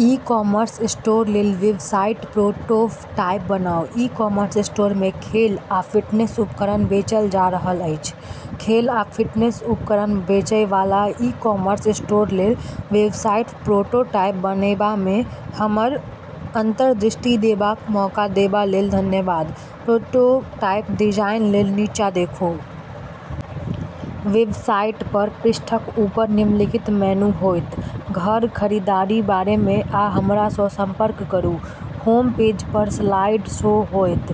E-commerce स्टोरलेल website prototype बनाउ। E-commerce स्टोरमे खेल आ फिटनेस उपकरण बेचल जा रहल अछि। खेल आ फिटनेस उपकरण बेचैवाला ई-कॉमर्स स्टोरलेल वेबसाइट प्रोटोटाइप बनेबामे हमर अन्तर्दृष्टि देबाक मौका देबालेल धन्यवाद। प्रोटोटाइप डिजाइनलेल नीचाँ देखू। वेबसाइटपर पृष्ठक ऊपर निम्नलिखित मेनू होयत: घर, खरीदारी, बारेमे, आ हमरासँ सम्पर्क करू। होम पेजपर स्लाइड शो होयत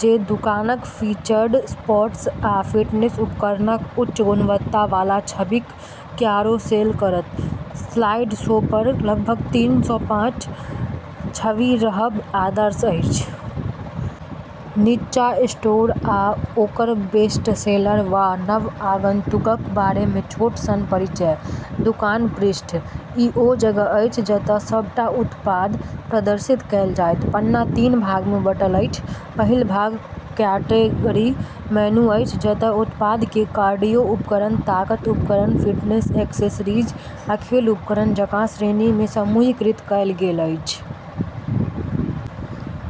जे दुकानक फीचर्ड स्पोर्ट्स आ फिटनेस उपकरणक उच्च गुणवत्तावाला छबिक क्यारोसेल करत। स्लाइड शोपर लगभग तीनसँ पाँच छवि रहब आदर्श अछि। नीचाँ स्टोर आ ओकर बेस्टसेलर वा नव आगन्तुकक बारेमे छोट सन परिचय। दुकान पृष्ठ: ई ओ जगह अछि जतय सबटा उत्पाद प्रदर्शित कएल जायत। पन्ना तीन भागमे बँटल अछि। पहिल भाग क्याटेगरी मेनू अछि, जतय उत्पादकेँ कार्डियो उपकरण, ताकत उपकरण, फिटनेस एक्सेसरीज, आ खेल उपकरण जकाँ श्रेणीमे समूहीकृत कएल गेल अछि।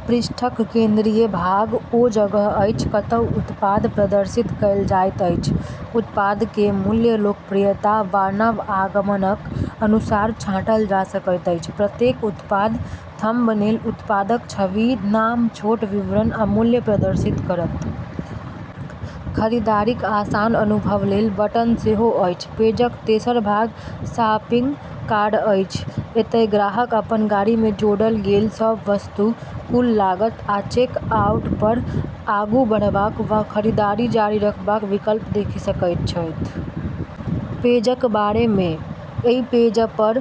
पृष्ठक केन्द्रीय भाग ओ जगह अछि, कतहु उत्पाद प्रदर्शित कएल जाइत अछि। उत्पादकेँ मूल्य, लोकप्रियता, वा नव आगमनक अनुसार छाँटल जा सकैत अछि। प्रत्येक उत्पाद थम्बनेल उत्पादक छवि, नाम, छोट विवरण, आ मूल्य प्रदर्शित करत। खरीदारीक आसान अनुभवलेल "" बटन सेहो अछि। पेजक तेसर भाग शपिङ्ग कार्ट अछि। एतय ग्राहक अपन गाड़ीमे जोडल गेल सभ वस्तु, कुल लागत, आ चेकआउटपर आगू बढ़बाक वा खरीदारी जारी रखबाक विकल्प देखि सकैत छथि। पेजक बारेमे: एहि पेजपर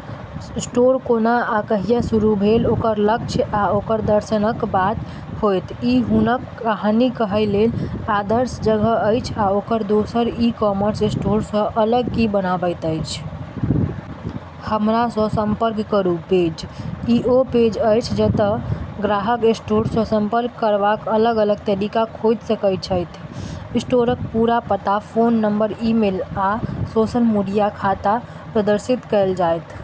स्टोर कोना आ कहिया शुरू भेल, ओकर लक्ष्य, आ ओकर दर्शनक बात होयत। ई हुनक कहानी कहैलेल आदर्श जगह अछि आ ओकरा दोसर ई-कॉमर्स स्टोरसँ अलग की बनाबैत अछि। हमरासँ सम्पर्क करू पेज: ई ओ पेज अछि जतय ग्राहक स्टोरसँ सम्पर्क करबाक अलग-अलग तरीका खोजि सकैत छथि। स्टोरक पूरा पता, फोन नम्बर, ईमेल, आ सोशल मीडिया खाता प्रदर्शित कएल जायत।